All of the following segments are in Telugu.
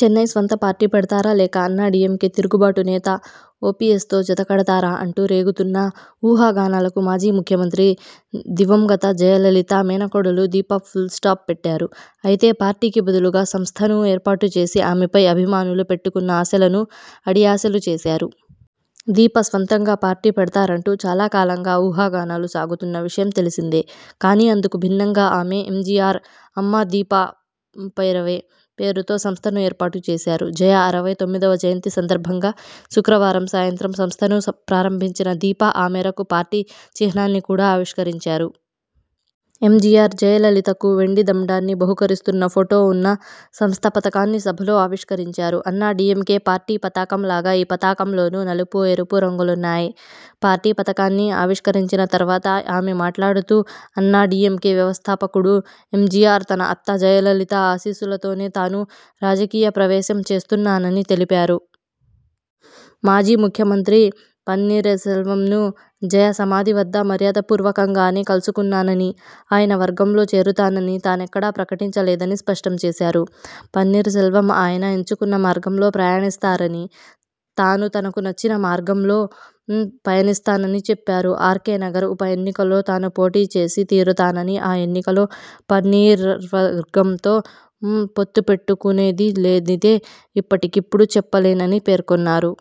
చెన్నై స్వంత పార్టీ పెడతారా, లేక అన్నాడీఎంకే తిరుగుబాటు నేత ఓపీఎస్తో జత కడతారా అంటూ రేగుతున్న ఊహాగానాలకు మాజీ ముఖ్యమంత్రి దివంగత జయలలిత మేనకోడలు దీప ఫుల్స్టాప్ పెట్టారు. అయితే పార్టీకి బదులుగా సంస్థను ఏర్పాటు చేసి ఆమెపై అభిమానులు పెట్టుకున్న ఆశలను అడియాశలు చేశారు. దీప స్వంతంగా పార్టీ పెడతారంటూ చాలాకాలంగా ఊహాగానాలు సాగుతున్న విషయం తెలిసిందే. కానీ అందుకు భిన్నంగా ఆమె 'ఎంజీఆర్ అమ్మా దీపా పేరవై' పేరుతో సంస్థను ఏర్పాటు చేశారు. జయ అరవై తొమ్మిదివ జయంతి సందర్భంగా శుక్రవారం సాయంత్రం సంస్థను ప్రారంభించిన దీప.. ఆ మేరకు పార్టీ చిహ్నాన్ని కూడా ఆవిష్కరించారు. ఎంజీఆర్ జయలలితకు వెండి దండాన్ని బహూకరిస్తున్న ఫోటో ఉన్న సంస్థ పతాకాన్ని సభలో ఆవిష్కరించారు. అన్నాడీఎంకే పార్టీ పతాకం లాగే ఈ పతాకంలోనూ నలుపు, ఎరుపు రంగులున్నాయి. పార్టీ పతాకాన్ని ఆవిష్కరించిన తర్వాత ఆమె మాట్లాడుతూఅన్నాడీఎంకే వ్యవస్థాపకుడు ఎంజీఆర్, తన అత్త జయలలిత ఆశీస్సులతోనే తాను రాజకీయప్రవేశం చేస్తున్నానని తెలిపారు. మాజీ ముఖ్యమంత్రి పన్నీర్సెల్వంను జయ సమాధి వద్ద మర్యాదపూర్వకంగానే కలుసుకున్నానని, ఆయన వర్గంలో చేరతానని తానెక్కడా ప్రకటించలేదని స్పష్టం చేశారు. పన్నీర్సెల్వం ఆయన ఎంచుకున్న మార్గంలో ప్రయాణిస్తారని, తాను తనకు నచ్చిన మార్గంలో పయనిస్తానని చెప్పారు. ఆర్కే నగర్ ఉప ఎన్నికలో తాను పోటీ చేసి తీరుతానని, ఆ ఎన్నికలో పన్నీర్వర్గంతో పొత్తుపెట్టుకునేదీ లేనిదీ ఇప్పటికిప్పుడు చెప్పలేనని పేర్కొన్నారు.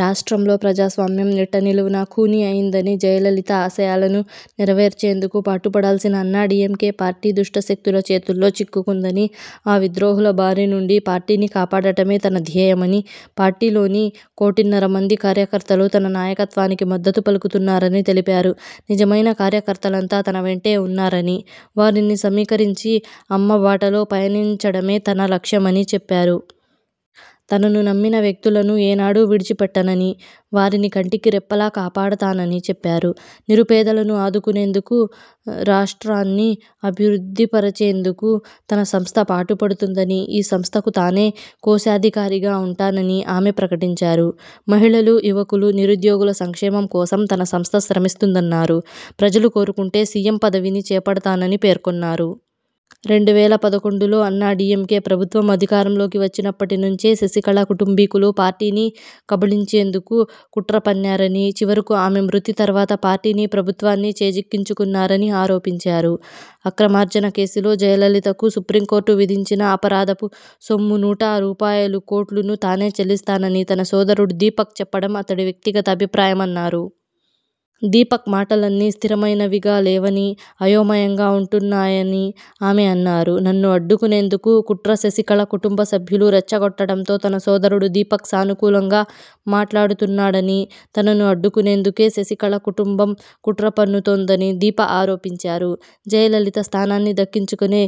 రాష్ట్రంలో ప్రజాస్వామ్యం నిట్టనిలువునా ఖూనీ అయిందని, జయలలిత ఆశయాలను నెరవేర్చేందుకు పాటుపడాల్సిన అన్నాడీఎంకే పార్టీ దుష్టశక్తుల చేతుల్లోచిక్కుకుందని, ఆ విద్రోహుల బారి నుండి పార్టీని కాపాడటమే తన ధ్యేయమని, పార్టీలోని కోటిన్నరమంది కార్యకర్తలు తన నాయకత్వానికి మద్ధతు పలుకుతున్నారని తెలిపారు. నిజమైన కార్యకర్తలంతా తన వెంటే ఉన్నారని, వారిని సమీకరించి అమ్మ బాటలో పయనించడమే తన లక్ష్యమని చెప్పారు. తనను నమ్మిన వ్యక్తులను ఏనాడు విడిచిపెట్టననని, వారిని కంటికిరెప్పలా కాపాడతానని చెప్పారు. నిరుపేదలను ఆదుకునేందుకు, రాషా్ట్రన్ని అభివృద్ధిప రచేందుకు తన సంస్థ పాటుపడుతుందని, ఈ సంస్థకు తానే కోశాధికారిగా ఉంటానని ఆమె ప్రకటించారు. మహిళలు, యువకులు, నిరుద్యోగుల సంక్షేమం కోసం తన సంస్థ శ్రమిస్తుందన్నారు. ప్రజలు కోరుకుంటే సీఎం పదవిని చేపడతానని పేర్కొన్నారు. రెండు వేల పదకొండులో అన్నాడీఎంకే ప్రభుత్వం అధికారంలోకి వచ్చినప్పటినుంచే శశికళ కుటుంబీకులు పార్టీని కబళించేందుకు కుట్ర పన్నారని, చివరకు ఆమె మృతి తర్వాత పార్టీని, ప్రభుత్వాన్ని చేజిక్కించుకున్నారని ఆరోపించారు. అక్రమార్జన కేసులో జయ లలితకు సుప్రీంకోర్టు విధించిన అపరాధపు సొమ్ము నూట రూపాయలుకోట్లను తానే చెల్లిస్తానని తన సోదరుడు దీపక్ చెప్పడం అతడి వ్యక్తిగత అభిప్రాయమన్నారు. దీపక్ మాటలన్నీ స్థిరమైనవిగా లేవని అయోమయంగా ఉంటున్నాయని ఆమె అన్నారు. నన్ను అడ్డుకునేందుకు కుట్రశశికళ కుటుంబ సభ్యులు రెచ్చగొట్టడంతో తన సోదరుడు దీపక్ సానుకులంగా మాట్లాడుతున్నాడని, తనను అడ్డుకునేందుకే శశికళ కుటుంబం కుట్ర పన్నుతోందని దీప ఆరోపించారు. జయలలిత స్థానాన్ని దక్కించుకుని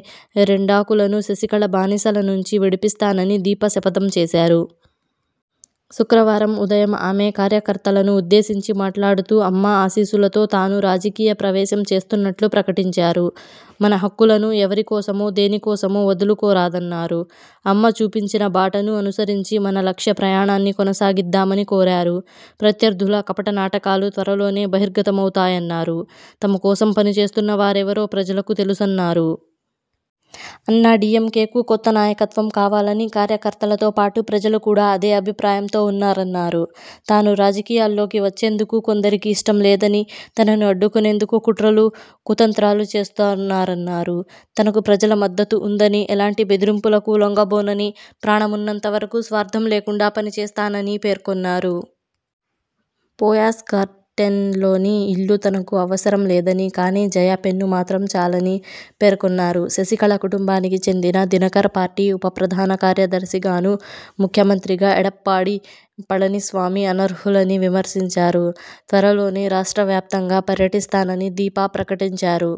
రెండాకులను శశికళ బానిసల నుంచి విడిపిస్తానని దీప శపథం చేశారు. శుక్రవారం ఉదయం ఆమె కార్యకర్తలను ఉద్దేశించి మాట్లాడుతూఅమ్మ ఆశీస్సులతో తాను రాజకీయ ప్రవేశం చేస్తున్నట్లు ప్రకటించారు. మన హక్కులను ఎవరి కోసమో, దేని కోసమో వదులుకోరాదన్నారు. అమ్మ చూపించిన బాటను అనుసరించి మన లక్ష్య ప్రయాణాన్ని కొనసాగిద్దామని కోరారు. ప్రత్యర్థుల కపటనాటకాలు త్వరలోనే బహిర్గతమవుతాయన్నారు. తమ కోసం పనిచేస్తున్నవారెవరో ప్రజలకు తెలుసన్నారు. అన్నాడీఎంకేకు కొత్త నాయకత్వం కావాలని, కార్యకర్తలతో పాటు ప్రజలు కూడా అదే అభిప్రాయంతో వున్నారన్నారు. తాను రాజకీయాల్లోకి వచ్చేందుకు కొందరికి ఇష్టం లేదని, తనను అడ్డుకొనేందుకు కుట్రలు, కుతంత్రాలు చేస్తున్నారన్నారు. తనకు ప్రజల మద్దతు ఉందని, ఎలాంటి బెదిరింపులకు లొంగబోనని, ప్రాణమున్నంత వరకు స్వార్థం లేకుండా పనిచేస్తానని పేర్కొన్నారు. పోయ్స్గార్టెన్లోని ఇల్లు తనకు అవసరం లేదని, కానీ జయ పెన్ను మాత్రం చాలని పేర్కొన్నారు. శశికళ కుటుంబానికి చెందిన దినకరన్ పార్టీ ఉప ప్రధానకార్యదర్శిగాను, ముఖ్యమంత్రిగా ఎడప్పాడి పళనిస్వామి అనర్హులని విమర్శించారు. త్వరలోనే రాష్ట్ర వ్యాప్తంగా పర్యటిస్తానని దీప ప్రకటించారు.